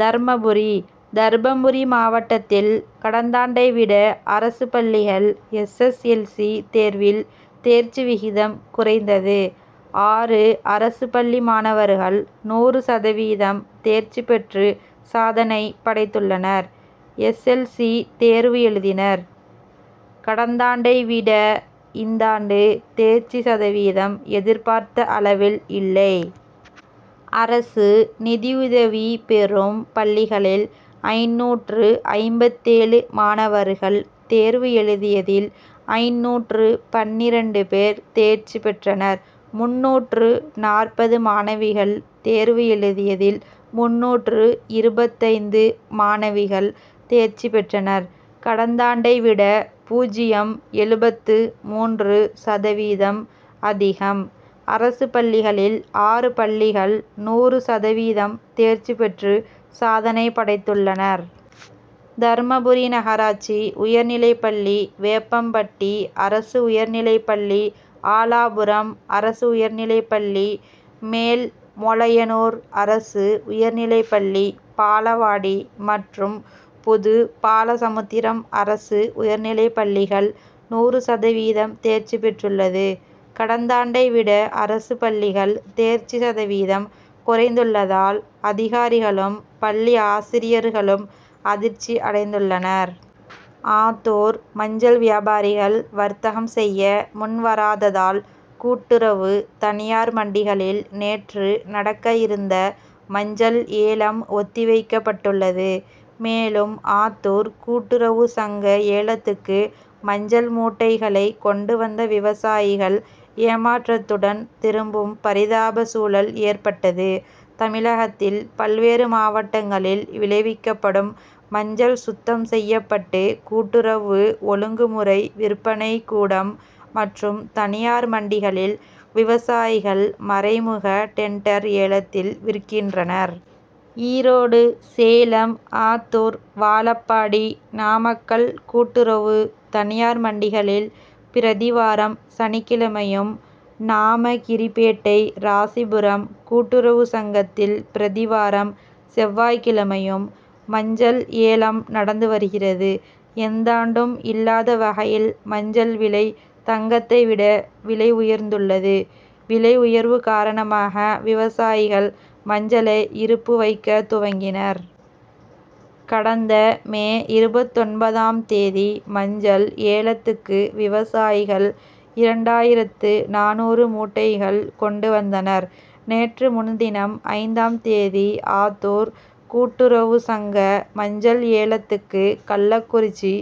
தர்மபுரி தர்மபுரி மாவட்டத்தில் கடந்தாண்டை விட அரசு பள்ளிகள் எஸ். எஸ். எல். ஸி. தேர்வில் தேர்ச்சி விகிதம் குறைந்தது. ஆறு அரசு பள்ளி மாணவர்கள் நூறு சதவீதம் தேர்ச்சி பெற்று சாதனை படைத்துள்ளனர். எஸ். எல். ஸி. தேர்வு எழுதினர். கடந்தாண்டை வித இந்தாண்டு தேர்ச்சி சதவீதம் எதிர்பார்த்த அளவில் இல்லை. அரசு நிதியுதவி பெறும் பள்ளிகளில் ஐந்நூற்று ஐம்பத்தேழு மாணவர்கள் தேர்வு எழுதியதில், ஐந்நூற்று பன்னிரண்டு பேர் தேர்ச்சி பெற்றனர். முந்நூற்று நாற்பது மாணவிகள் தேர்வு எழுதியதில், முந்நூற்று இருபத்தைந்து மாணவிகள் தேர்ச்சி பெற்றனர். கடந்தாண்டை விட பூஜ்ஜியம். எழுபத்து மூன்று சதவீதம் அதிகம். அரசு பள்ளிகளில் ஆறு பள்ளிகள் நூறு சதவீதம் தேர்ச்சி பெற்று சாதனை படைத்துள்ளனர். தர்மபுரி நகராட்சி உயர்நிலைப்பள்ளி, வேப்பம்பட்டி அரசு உயர்நிலைப்பள்ளி, ஆலாபுரம் அரசு உயர்நிலைப்பள்ளி, மேல்மொளையனூர் அரசு உயர்நிலைப்பள்ளி, பாலவாடி மற்றும் புதுபாலசமுத்திரம் அரசு உயர்நிலைப்பள்ளிகள் நூறு சதவீதம் தேர்ச்சி பெற்றுள்ளது. கடந்தாண்டை விட அரசு பள்ளிகள் தேர்ச்சி சதவீதம் குறைந்துள்ளதால், அதிகாரிகளும், பள்ளி ஆசிரியர்களும் அதிர்ச்சி அடைந்துள்ளனர். ஆத்தூர் மஞ்சள் வியாபாரிகள் வர்த்தகம் செய்ய முன்வராததால் கூட்டுறவு, தனியார் மண்டிகளில் நேற்று நடக்க இருந்த மஞ்சள் ஏலம் ஒத்திவைக்கபட்டுள்ளது. மேலும், ஆத்தூர் கூட்டுறவு சங்க ஏலத்துக்கு மஞ்சள் மூட்டைகளை கொண்டு வந்த விவசாயிகள் ஏமாற்றத்துடன் திரும்பும் பரிதாப சூழல் ஏற்பட்டது. தமிழகத்தில் பல்வேறு மாவட்டங்களில் விளைவிக்கப்படும் மஞ்சள் சுத்தம் செய்யப்பட்டு கூட்டுறவு, ஒழுங்கு முறை விற்பனை கூடம் மற்றும் தனியார் மண்டிகளில் விவசாயிகள் மறைமுக டெண்டர் ஏலத்தில் விற்கின்றனர். ஈரோடு, சேலம், ஆத்தூர், வாழப்பாடி, நாமக்கல் கூட்டுறவு, தனியார் மண்டிகளில் பிரதி வாரம் சனிக்கிழமையும், நாமகிரிபேட்டை, ராசிபுரம் கூட்டுறவு சங்கத்தில் பிரதி வாரம் செவ்வாய்கிழமையிலும் மஞ்சள் ஏலம் நடந்து வருகிறது. எந்தாண்டும் இல்லாத வகையில் மஞ்சள் விலை தங்கத்தை விட விலை உயர்ந்துள்ளது. விலை உயர்வு காரணமாக விவசாயிகள் மஞ்சளை இருப்பு வைக்க துவங்கினர். கடந்த மே இருபத்தொன்பதாம் தேதி மஞ்சள் ஏலத்துக்கு விவசாயிகள் இரண்டாயிரத்து நானூறு மூட்டைகள் கொண்டு வந்தனர். நேற்று முன்தினம் ஐந்தாம் தேதி ஆத்தூர் கூட்டுறவு சங்க மஞ்சள் ஏலத்துக்கு கள்ளக்குறிச்சி,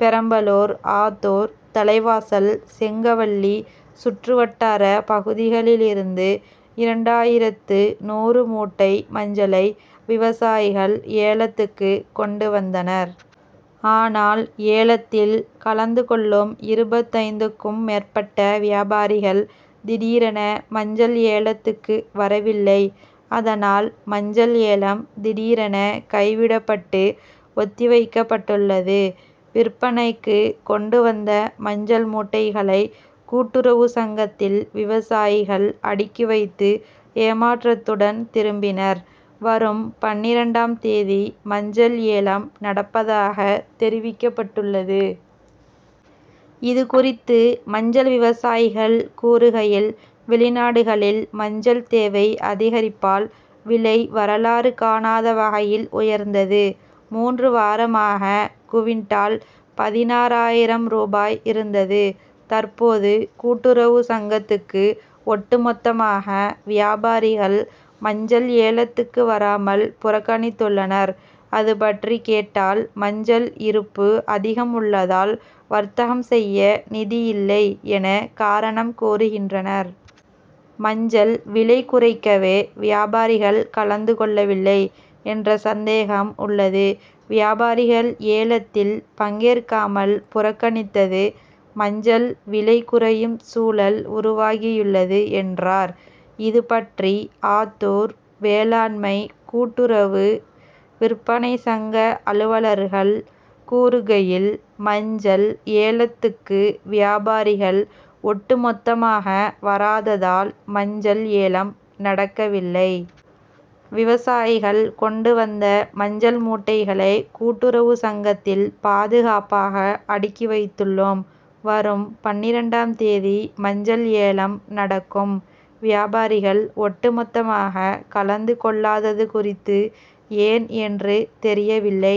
பெரம்பலூர், ஆத்தூர், தலைவாசல், கெங்கவல்லி சுற்றுவட்டார பகுதிகளிலிருந்து இரண்டாயிரத்து நூறு மூட்டை மஞ்சளை விவசாயிகள் ஏலத்துக்கு கொண்டு வந்தனர். ஆனால், ஏலத்தில் கலந்து கொள்ளும் இருபத்தைந்துக்கும் மேற்பட்ட வியாபாரிகள் திடீரென மஞ்சள் ஏலத்துக்கு வரவில்லை. அதனால், மஞ்சள் ஏலம் திடீரென கைவிடப்பட்டு ஒத்தி வைக்கப்பட்டுள்ளது. விற்பனைக்கு கொண்டு வந்த மஞ்சள் மூட்டைகளை கூட்டுறவு சங்கத்தில் விவசாயிகள் அடுக்கி வைத்து ஏமாற்றத்துடன் திரும்பினர். வரும் பன்னிரண்டாம் தேதி மஞ்சள் ஏலம் நடப்பதாக தெரிவிக்கப்பட்டுள்ளது. இது குறித்து மஞ்சள் விவசாயிகள் கூறுகையில், வெளிநாடுகளில் மஞ்சள் தேவை அதிகரிப்பால் விலை வரலாறு காணாத வகையில் உயர்ந்தது. மூன்று வாரமாக குவிண்டால் பதினாறாயிரம் ரூபாய் இருந்தது. தற்போது கூட்டுறவு சங்கத்துக்கு ஒட்டு மொத்தமாக வியாபாரிகள் மஞ்சள் ஏலத்துக்கு வராமல் புறக்கணித்துள்ளனர். அதுபற்றி கேட்டால் மஞ்சள் இருப்பு அதிகம் உள்ளதால், வர்த்தகம் செய்ய நிதி இல்லை என, காரணம் கூறுகின்றனர். மஞ்சள் விலை குறைக்கவே வியாபாரிகள் கலந்து கொள்ளவில்லை என்ற சந்தேகம் உள்ளது. வியாபாரிகள் ஏலத்தில் பங்கேற்காமல் புறக்கணித்தது மஞ்சள் விலை குறையும் சூழல் உருவாகியுள்ளது என்றார். இது பற்றி ஆத்தூர் வேளாண்மை கூட்டுறவு விற்பனை சங்க அலுவலர்கள் கூறுகையில் மஞ்சள் ஏலத்துக்கு வியாபாரிகள் ஒட்டு மொத்தமாக வராததால், மஞ்சள் ஏலம் நடக்கவில்லை. விவசாயிகள் கொண்டு வந்த மஞ்சள் மூட்டைகளை கூட்டுறவு சங்கத்தில் பாதுகாப்பாக அடுக்கி வைத்துள்ளோம். வரும் பன்னிரண்டாம் தேதி மஞ்சள் ஏலம் நடக்கும். வியாபாரிகள் ஒட்டு மொத்தமாக கலந்து கொள்ளாதது குறித்து ஏன் என்று தெரியவில்லை, என்றனர்.